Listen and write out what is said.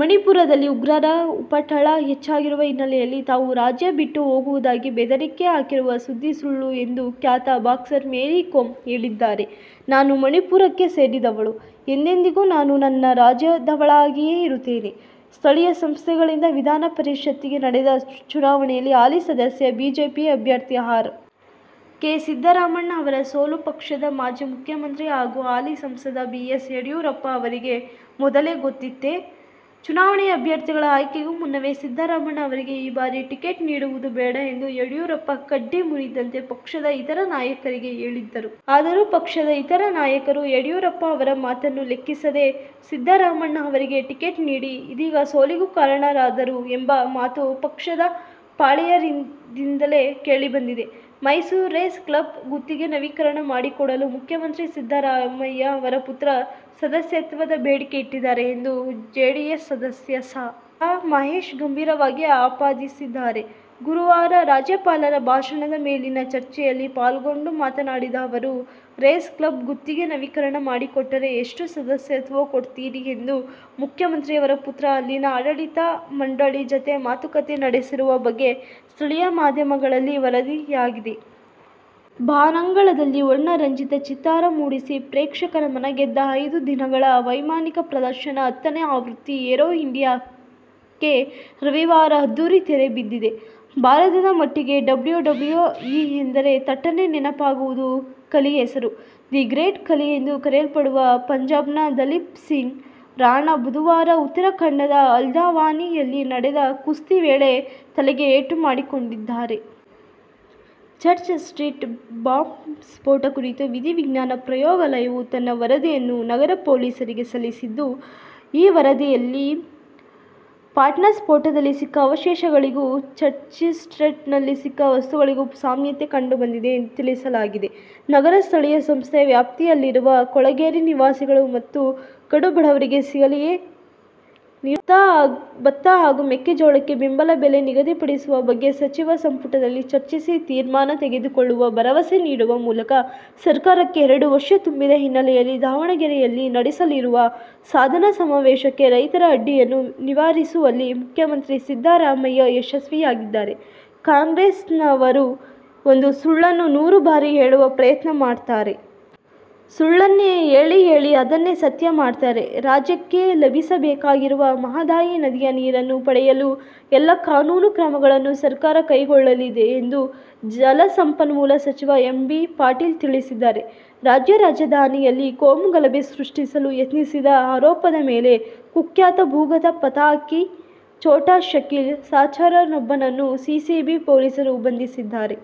ಮಣಿಪುರದಲ್ಲಿ ಉಗ್ರರ ಉಪಟಳ ಹೆಚ್ಚಾಗಿರುವ ಹಿನ್ನೆಲೆಯಲ್ಲಿ ತಾವು ರಾಜ್ಯ ಬಿಟ್ಟು ಹೋಗುವುದಾಗಿ ಬೆದರಿಕೆ ಹಾಕಿರುವ ಸುದ್ದಿ ಸುಳ್ಳು ಎಂದು ಖ್ಯಾತ ಬಾಕ್ಸರ್ ಮೇರಿ ಕೋಂ ಹೇಳಿದ್ದಾರೆ. ನಾನು ಮಣಿಪುರಕ್ಕೆ ಸೇರಿದವಳು. ಎಂದೆಂದಿಗೂ ನಾನು ನನ್ನ ರಾಜ್ಯದವಳಾಗಿಯೇ ಇರುತ್ತೇನೆ. ಸ್ಥಳೀಯ ಸಂಸ್ಥೆಗಳಿಂದ ವಿಧಾನ ಪರಿಷತ್ತಿಗೆ ನಡೆದ ಚುನಾವಣೆಯಲ್ಲಿ ಹಾಲಿ ಸದಸ್ಯ, ಬಿ ಜೆ ಪಿ ಅಭ್ಯರ್ಥಿ ಆರ್. ಕೆ. ಸಿದ್ದರಾಮಣ್ಣ ಅವರ ಸೋಲು ಪಕ್ಷದ ಮಾಜಿ ಮುಖ್ಯಮಂತ್ರಿ ಹಾಗೂ ಹಾಲಿ ಸಂಸದ ಬಿ. ಎಸ್. ಯಡಿಯೂರಪ್ಪ ಅವರಿಗೆ ಮೊದಲೇ ಗೊತ್ತಿತ್ತೇ? ಚುನಾವಣೆಗೆ ಅಭ್ಯರ್ಥಿಗಳ ಆಯ್ಕೆಗೂ ಮುನ್ನವೇ ಸಿದ್ದರಾಮಣ್ಣ ಅವರಿಗೆ ಈ ಬಾರಿ ಟಿಕೆಟ್ ನೀಡುವುದು ಬೇಡ ಎಂದು ಯಡಿಯೂರಪ್ಪ ಕಡ್ಡಿ ಮುರಿದಂತೆ ಪಕ್ಷದ ಇತರ ನಾಯಕರಿಗೆ ಹೇಳಿದ್ದರು. ಆದರೂ, ಪಕ್ಷದ ಇತರ ನಾಯಕರು ಯಡಿಯೂರಪ್ಪ ಅವರ ಮಾತನ್ನು ಲೆಕ್ಕಿಸದೆ ಸಿದ್ದರಾಮಣ್ಣ ಅವರಿಗೇ ಟಿಕೆಟ್ ನೀಡಿ ಇದೀಗ ಸೋಲಿಗೂ ಕಾರಣರಾದರು ಎಂಬ ಮಾತು ಪಕ್ಷದ ಪಾಳೆಯದಿಂದಲೇ ಕೇಳಿಬಂದಿದೆ. ಮೈಸೂರು ರೇಸ್ ಕ್ಲಬ್ ಗುತ್ತಿಗೆ ನವೀಕರಣ ಮಾಡಿಕೊಡಲು ಮುಖ್ಯಮಂತ್ರಿ ಸಿದ್ದರಾಮಯ್ಯ ಅವರ ಪುತ್ರ ಸದಸ್ಯತ್ವದ ಬೇಡಿಕೆ ಇಟ್ಟಿದ್ದಾರೆ ಎಂದು ಜೆಡಿಎಸ್ ಸದಸ್ಯ ಸಾ. ರಾ. ಮಹೇಶ್ ಗಂಭೀರವಾಗಿ ಆಪಾದಿಸಿದ್ದಾರೆ. ಗುರುವಾರ ರಾಜ್ಯಪಾಲರ ಭಾಷಣದ ಮೇಲಿನ ಚರ್ಚೆಯಲ್ಲಿ ಪಾಲ್ಗೊಂಡು ಮಾತನಾಡಿದ ಅವರು, ರೇಸ್ ಕ್ಲಬ್ ಗುತ್ತಿಗೆ ನವೀಕರಣ ಮಾಡಿಕೊಟ್ಟರೆ ಎಷ್ಟು ಸದಸ್ಯತ್ವ ಕೊಡ್ತೀರಿ ಎಂದು ಮುಖ್ಯಮಂತ್ರಿಯವರ ಪುತ್ರ ಅಲ್ಲಿನ ಆಡಳಿತ ಮಂಡಳಿ ಜತೆ ಮಾತುಕತೆ ನಡೆಸಿರುವ ಬಗ್ಗೆ ಸ್ಥಳೀಯ ಮಾಧ್ಯಮಗಳಲ್ಲಿ ವರದಿಯಾಗಿದೆ. ಬಾನಂಗಳದಲ್ಲಿ ವರ್ಣರಂಜಿತ ಚಿತ್ತಾರ ಮೂಡಿಸಿ ಪ್ರೇಕ್ಷಕರ ಮನಗೆದ್ದ ಐದು ದಿನಗಳ ವೈಮಾನಿಕ ಪ್ರದರ್ಶನ ಹತ್ತನೇ ಆವೃತ್ತಿ ಏರೋ ಇಂಡಿಯಾಕ್ಕೆ ರವಿವಾರ ಅದ್ದೂರಿ ತೆರೆ ಬಿದ್ದಿದೆ. ಭಾರತದ ಮಟ್ಟಿಗೆ ಡಬ್ಲ್ಯೂ ಡಬ್ಲ್ಯೂ ಇ ಎಂದರೆ ತಟ್ಟನೆ ನೆನಪಾಗುವುದು ಖಲಿ ಹೆಸರು. "ದಿ ಗ್ರೇಟ್ ಖಲಿ' ಎಂದು ಕರೆಯಲ್ಪಡುವ ಪಂಜಾಬ್ನ ದಲೀಪ್ ಸಿಂಗ್ ರಾಣಾ ಬುಧವಾರ ಉತ್ತರಾಖಂಡದ ಹಲ್ದವಾನಿ ಯಲ್ಲಿ ನಡೆದ ಕುಸ್ತಿ ವೇಳೆ ತಲೆಗೆ ಏಟು ಮಾಡಿಕೊಂಡಿದ್ದಾರೆ. ಚರ್ಚ್ ಸ್ಟ್ರೀಟ್ ಬಾಂಬ್ ಸ್ಫೋಟ ಕುರಿತು ವಿಧಿ ವಿಜ್ಞಾನ ಪ್ರಯೋಗಾಲಯವು ತನ್ನ ವರದಿಯನ್ನು ನಗರ ಪೊಲೀಸರಿಗೆ ಸಲ್ಲಿಸಿದ್ದು, ಈ ವರದಿಯಲ್ಲಿ ಪಾಟ್ನಾ ಸ್ಫೋಟದಲ್ಲಿ ಸಿಕ್ಕ ಅವಶೇಷಗಳಿಗೂ, ಚರ್ಚ್ಸ್ಟ್ರೀಟ್ನಲ್ಲಿ ಸಿಕ್ಕ ವಸ್ತುಗಳಿಗೂ ಸಾಮ್ಯತೆ ಕಂಡುಬಂದಿದೆ ಎಂದು ತಿಳಿಸಲಾಗಿದೆ. ನಗರ ಸ್ಥಳೀಯ ಸಂಸ್ಥೆ ವ್ಯಾಪ್ತಿಯಲ್ಲಿರುವ ಕೊಳಗೇರಿ ನಿವಾಸಿಗಳು ಮತ್ತು ಕಡು ಬಡವರಿಗೆ ಸಿಗಲಿದೆಯೇ "ನೀರು ಭಾಗ್ಯ'? ಭತ್ತ ಹಾಗೂ ಮೆಕ್ಕೆಜೋಳಕ್ಕೆ ಬೆಂಬಲ ಬೆಲೆ ನಿಗದಿಪಡಿಸುವ ಬಗ್ಗೆ ಸಚಿವ ಸಂಪುಟದಲ್ಲಿ ಚರ್ಚಿಸಿ ತೀರ್ಮಾನ ತೆಗೆದುಕೊಳ್ಳುವ ಭರವಸೆ ನೀಡುವ ಮೂಲಕ ಸರ್ಕಾರಕ್ಕೆ ಎರಡು ವರ್ಷ ತುಂಬಿದ ಹಿನ್ನೆಲೆಯಲ್ಲಿ ದಾವಣಗೆರೆಯಲ್ಲಿ ನಡೆಸಲಿರುವ ಸಾಧನಾ ಸಮಾವೇಶಕ್ಕೆ ರೈತರ ಅಡ್ಡಿಯನ್ನು ನಿವಾರಿಸುವಲ್ಲಿ ಮುಖ್ಯಮಂತ್ರಿ ಸಿದ್ದರಾಮಯ್ಯ ಯಶಸ್ವಿಯಾಗಿದ್ದಾರೆ. "ಕಾಂಗ್ರೆಸ್ನವರು ಒಂದು ಸುಳ್ಳನ್ನು ನೂರು ಬಾರಿ ಹೇಳುವ ಪ್ರಯತ್ನ ಮಾಡ್ತಾರೆ. ಸುಳ್ಳನ್ನೇ ಹೇಳಿ ಹೇಳಿ ಅದನ್ನೇ ಸತ್ಯ ಮಾಡ್ತಾರೆ' ರಾಜ್ಯಕ್ಕೆ ಲಭಿಸಬೇಕಾಗಿರುವ ಮಹದಾಯಿ ನದಿಯ ನೀರನ್ನು ಪಡೆಯಲು ಎಲ್ಲಾ ಕಾನೂನು ಕ್ರಮಗಳನ್ನು ಸರ್ಕಾರ ಕೈಗೊಳ್ಳಲಿದೆ ಎಂದು ಜಲಸಂಪನ್ಮೂಲ ಸಚಿವ ಎಂ. ಬಿ. ಪಾಟೀಲ ತಿಳಿಸಿದ್ದಾರೆ. ರಾಜ್ಯ ರಾಜಧಾನಿಯಲ್ಲಿ ಕೋಮು ಗಲಭೆ ಸೃಷ್ಟಿಸಲು ಯತ್ನಿಸಿದ ಆರೋಪದ ಮೇಲೆ ಕುಖ್ಯಾತ ಭೂಗತ ಪಾತಕಿ ಛೋಟಾ ಶಕೀಲ್ ಸಹಚರನೊಬ್ಬನನ್ನು ಸಿಸಿಬಿ ಪೊಲೀಸರು ಬಂಧಿಸಿದ್ದಾರೆ.